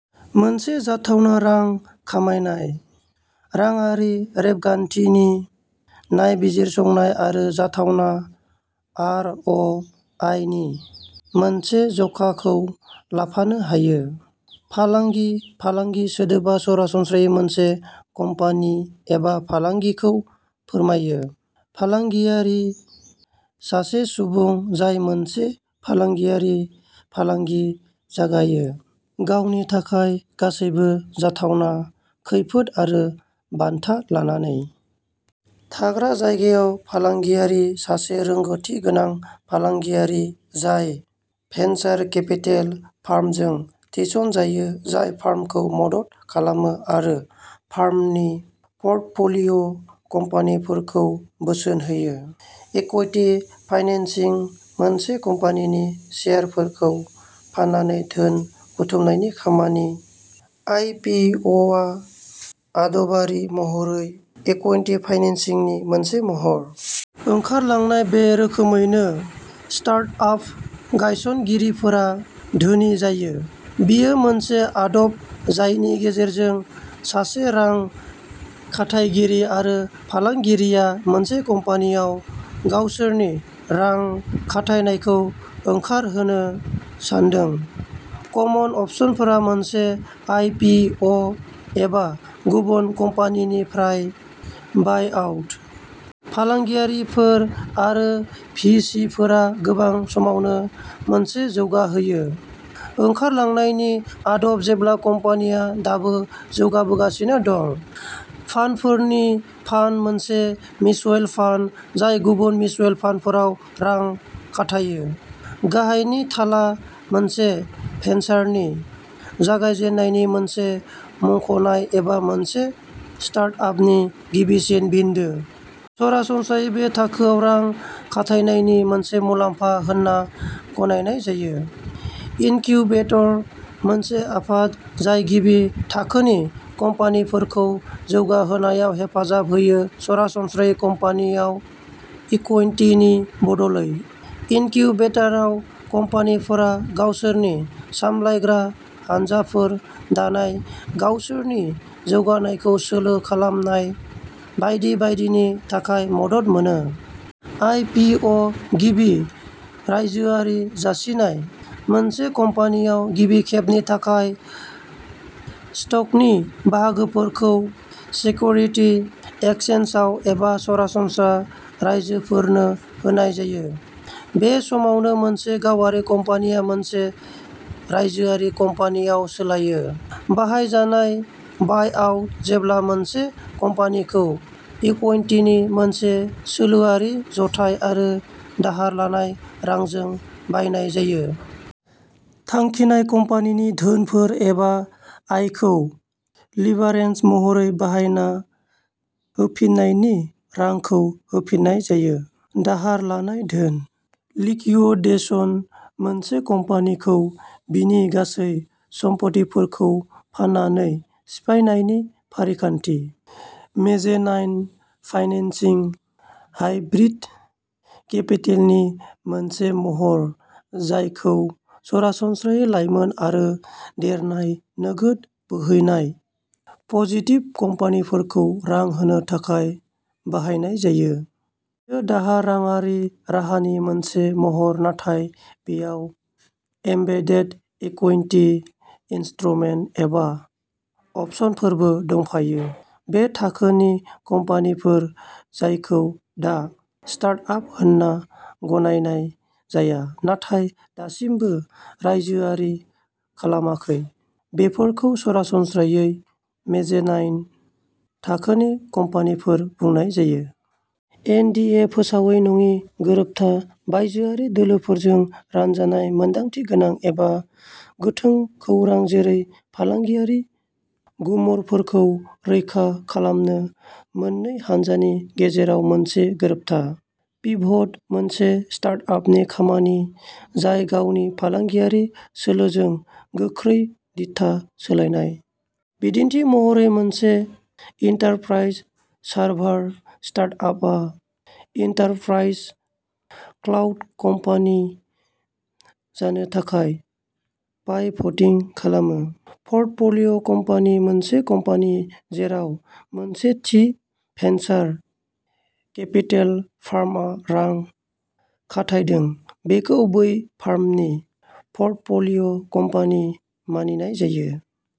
मोनसे जाथावना रां खाथायनाय। राङारि रेबगान्थिनि नायबिजिरसंनाय आरो जाथावना आर अ आइनि मोनसे जखाखौ लाफानो हायो। फालांगि फालांगि सोदोबा सरासनस्रायै मोनसे कम्पानि एबा फालांगिखौ फोरमायो। फालांगियारि सासे सुबुं जाय मोनसे फालांगियारि फालांगि जागायो गावनि थाखाय गासैबो जाथावना खैफोद आरो बान्था लानानै। थाग्रा जायगायाव फालांगियारि सासे रोंग'थि गोनां फालांगियारि जाय भेन्सार केपिटेल फार्मजों थिसनजायो जाय फार्मखौ मदद खालामो आरो फार्मनि पर्टफ'लिय' कम्पानिफोरखौ बोसोन होयो। इकुइटि फाइनेन्सिं मोनसे कम्पानिनि शेयारफोरखौ फाननानै धोन बुथुमनायनि खामानि। आइ पि अआ आदबारि महरै इकुइटि फाइनेन्सिंनि मोनसे महर। ओंखारलांनाय बे रोखोमैनो स्तार्टआप गायसनगिरिफोरा धोनि जायो। बेयो मोनसे आदब जायनि गेजेरजों सासे रां खाथायगिरि आरो फालांगियारिआ मोनसे कम्पानिआव गावसोरनि रां खाथायनायखौ ओंखारहोनो सानदों। कमन्स अपसनफोरा मोनसे आइ पि अ एबा गुबुन कम्पानिनिफ्राय बायआउट। फालांगियारिफोर आरो भि सि फोरा गोबां समावनो मोनसे जौगाहोयो। ओंखारलांनायनि आदब जेब्ला कम्पानिया दाबो जौगाबोगासिनो दं। फान्डफोरनि फान्ड मोनसे मिउचुयेल फान्ड जाय गुबुन मिउचुयेल फान्डफोराव रां खाथायो। गाहायनि थाला मोनसे भेन्सारनि जागायजेन्नायनि मोनसे मुंख'नाय एबा मोनसे स्टार्टआपनि गिबिसिन बिन्दो। सरासनस्रायै बे थाखोआव रां खाथायनायनि मोनसे मुलाम्फा होनना गनायनाय जायो। इनकिउबेटर मोनसे आफाद जाय गिबि थाखोनि कम्पानिफोरखौ जौगाहोनायाव हेफाजाब होयो सरासनस्रायै कम्पानियाव इकुइटिनि बदलै। इनकिउबेटराव कम्पानिफोरा गावसोरनि सामलायग्रा हानजाफोर दानाय गावसोरनि जौगानायखौ सोलो खालामनाय बायदि बायदिनि थाखाय मदद मोनो। आइपिअ गिबि रायजोआरि जासिनाय। मोनसे कम्पानियाव गिबि खेबनि थाखाय स्टकनि बाहागोफोरखौ सेक्युरिति एक्सचेन्जआव एबा सरासनस्रा राइजोफोरनो होनाय जायो। बे समाव मोनसे गावारि कम्पानिया मोनसे रायजोआरि कम्पानियाव सोलायो। बाहायजानाय बायआउट जेब्ला मोनसे कम्पानिखौ इकुइटिनि मोनसे सोलोआरि जथाय आरो दाहार लानाय रांजों बायनाय जायो। थांखिनाय कम्पानिनि धोनफोर एबा आयखौ लिभारेज महरै बाहायना होफिन्नायनि रांखौ होफिननाय जायो। दाहार लानाय धोन। लिकिवदेसन मोनसे कम्पानिखौ बिनि गासै सम्फथिफोरखौ फाननानै सिफायनायनि फारिखान्थि। मेजेनाइन फाइनेन्सिं हाइब्रिद केपिटेलनि मोनसे महर जायखौ सरासनस्रायै लाइमोन आरो देरनाय नोगोद बोहैनाय पजिटिभ कम्पानिफोरखौ रां होनो थाखाय बाहायनाय जायो। बेयो दाहार राङारि राहानि मोनसे महर नाथाय बेयाव एम्बेडेड इकुइटि इन्स्ट्रुमेन्ट एबा अपसनफोरबो दंफायो। बे थाखोनि कम्पानिफोर जायखौ दा स्टार्टआप होनना गनायनाय जाया नाथाय दासिमबो रायजोआरि खालामाखै बेफोरखौ सरासनस्रायै मेजेनाइन थाखोनि कम्पानिफोर बुंनाय जायो। एन डि ए फोसावै नङि गोरोबथा। बायजोआरि दोलोफोरजों रानजानाय मोनदांथिगोनां एबा गोथों खौरां जेरै फालांगियारि गुमुरफोरखौ रैखा खालामनो मोननै हान्जानि गेजेराव मोनसे गोरोबथा। पिभट मोनसे स्टार्टआपनि खामानि जाय गावनि फालांगियारि सोलोजों गोख्रै दिथा सोलायनाय। बिदिन्थि महरै मोनसे एन्टारप्राइज सार्भार स्टार्टआपआ एन्टारप्राइज क्लाउड कम्पानि जानो थाखाय पाइभटिं खालामो। पर्टफ'लिय'कम्पानि मोनसे कम्पानि जेराव मोनसे थि भेन्सार केपिटेल फार्मआ रां खाथायदों बेखौ बै फार्मनि पर्टफ'लिय'कम्पानि मानिनाय जायो।